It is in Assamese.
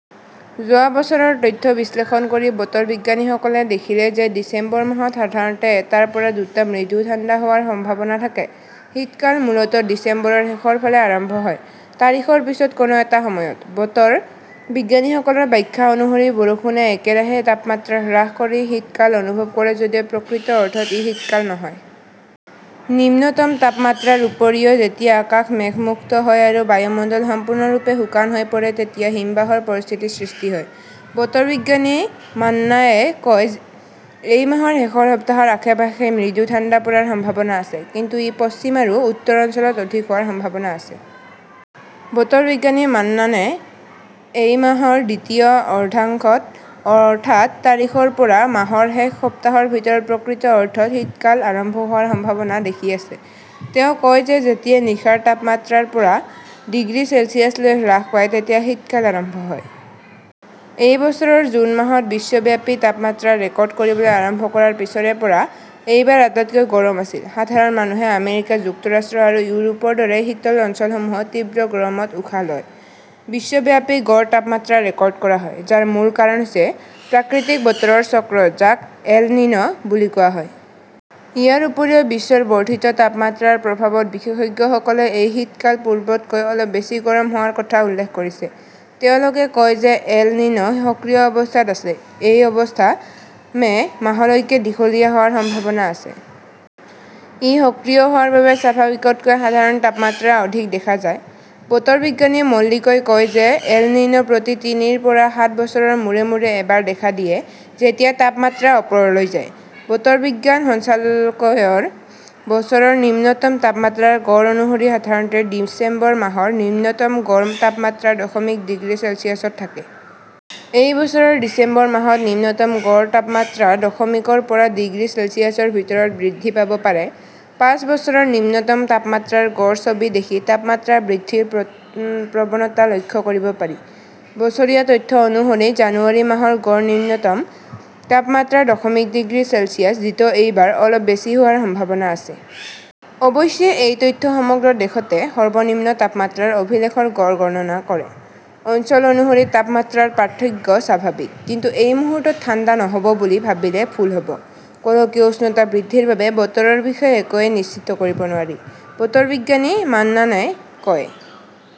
যোৱা বছৰৰ তথ্য বিশ্লেষণ কৰি বতৰ বিজ্ঞানীসকলে দেখিলে যে ডিচেম্বৰ মাহত সাধাৰণতে এটাৰ পৰা দুটা মৃদু ঠাণ্ডা হোৱাৰ সম্ভাৱনা থাকে। শীতকাল মূলতঃ ডিচেম্বৰৰ শেষৰ ফালে আৰম্ভ হয়, তাৰিখৰ পিছত কোনো এটা সময়ত। বতৰ বিজ্ঞানীসকলৰ ব্যাখ্যা অনুসৰি, বৰষুণে একেৰাহে তাপমাত্ৰা হ্ৰাস কৰি শীতকাল অনুভৱ কৰে যদিও প্ৰকৃত অৰ্থত ই শীতকাল নহয়। নিম্নতম তাপমাত্ৰাৰ উপৰিও যেতিয়া আকাশ মেঘমুক্ত হয় আৰু বায়ুমণ্ডল সম্পূৰ্ণৰূপে শুকান হৈ পৰে তেতিয়া হিমবাহৰ পৰিস্থিতিৰ সৃষ্টি হয়। বতৰ বিজ্ঞানী মান্নানে কয়, "এই মাহৰ শেষৰ সপ্তাহৰ আশে-পাশে মৃদু ঠাণ্ডা পৰাৰ সম্ভাৱনা আছে, কিন্তু ই পশ্চিম আৰু উত্তৰ অঞ্চলত অধিক হোৱাৰ সম্ভাৱনা আছে। " "বতৰ বিজ্ঞানী মান্নানে এই মাহৰ দ্বিতীয় অৰ্ধাংশত, অৰ্থাৎ তাৰিখৰ পৰা মাহৰ শেষ সপ্তাহৰ ভিতৰত প্ৰকৃত অৰ্থত শীতকাল আৰম্ভ হোৱাৰ সম্ভাৱনা দেখি আছে। তেওঁ কয় যে যেতিয়া নিশাৰ তাপমাত্ৰা ৰ পৰা ডিগ্ৰী চেলছিয়াছলৈ হ্ৰাস পায়, তেতিয়া শীতকাল আৰম্ভ হয়। এই বছৰৰ জুন মাহত বিশ্বব্যাপী তাপমাত্ৰা ৰেকৰ্ড কৰিবলৈ আৰম্ভ কৰাৰ পিছৰে পৰা এই বাৰ আটাইতকৈ গৰম আছিল। সাধাৰণ মানুহে আমেৰিকা যুক্তৰাষ্ট্ৰ আৰু ইউৰোপৰ দৰে শীতল অঞ্চলসমূহত তীব্ৰ গৰমত উশাহ লয়। বিশ্বব্যাপী গড় তাপমাত্ৰা ৰেকৰ্ড কৰা হয়, যাৰ মূল কাৰণ হৈছে প্ৰাকৃতিক বতৰৰ চক্ৰ যাক 'এল নিনো "বুলি কোৱা হয়। ইয়াৰ উপৰিও বিশ্বৰ বৰ্ধিত তাপমাত্ৰাৰ প্ৰভাৱত বিশেষজ্ঞসকলে এই শীতকাল পূৰ্বতকৈ অলপ বেছি গৰম হোৱাৰ কথা উল্লেখ কৰিছে। তেওঁলোকে কয় যে এল নিনো সক্ৰিয় অৱস্থাত আছে। এই অৱস্থা মে "মাহলৈকে দীঘলীয়া হোৱাৰ সম্ভাৱনা আছে। ই সক্ৰিয় হোৱাৰ বাবে স্বাভাৱিকতকৈ সাধাৰণ তাপমাত্ৰা অধিক দেখা যায়। বতৰ বিজ্ঞানী মল্লিকই কয় যে এই 'এল নিনো "প্ৰতি তিনিৰ পৰা সাত বছৰৰ মূৰে মূৰে এবাৰ দেখা দিয়ে-যেতিয়া তাপমাত্ৰা ওপৰলৈ যায়। বতৰ বিজ্ঞান সঞ্চালকালয়ৰ বছৰৰ নিম্নতম তাপমাত্ৰাৰ গড় অনুসৰি, সাধাৰণতে ডিচেম্বৰ মাহত নিম্নতম গড় তাপমাত্ৰা দশমিক ডিগ্ৰী চেলছিয়াছত থাকে। এই বছৰৰ ডিচেম্বৰ মাহত নিম্নতম গড় তাপমাত্ৰা দশমিক ৰ পৰা ডিগ্ৰী চেলছিয়াছৰ ভিতৰত বৃদ্ধি পাব পাৰে। পাঁচ বছৰৰ নিম্নতম তাপমাত্ৰাৰ গড় ছবি দেখি তাপমাত্ৰা বৃদ্ধিৰ প্ৰৱণতা লক্ষ্য কৰিব পাৰি। বছৰীয়া তথ্য অনুসৰি, জানুৱাৰী মাহৰ গড় নিম্নতম তাপমাত্ৰা দশমিক ডিগ্ৰী চেলছিয়াছ, যিটো এইবাৰ অলপ বেছি হোৱাৰ সম্ভাৱনা আছে। অৱশ্যে, এই তথ্যই সমগ্ৰ দেশতে সৰ্বনিম্ন তাপমাত্ৰাৰ অভিলেখৰ গড় গণনা কৰে। অঞ্চল অনুসৰি তাপমাত্ৰাৰ পাৰ্থক্য স্বাভাৱিক। কিন্তু এই মুহূৰ্তত ঠাণ্ডা নহ "ব বুলি ভাবিলে ভুল হ" ব। গোলকীয় উষ্ণতা বৃদ্ধিৰ বাবে বতৰৰ বিষয়ে একোৱেই নিশ্চিত কৰিব নোৱাৰি। বতৰ বিজ্ঞানী মান্নানে কয়,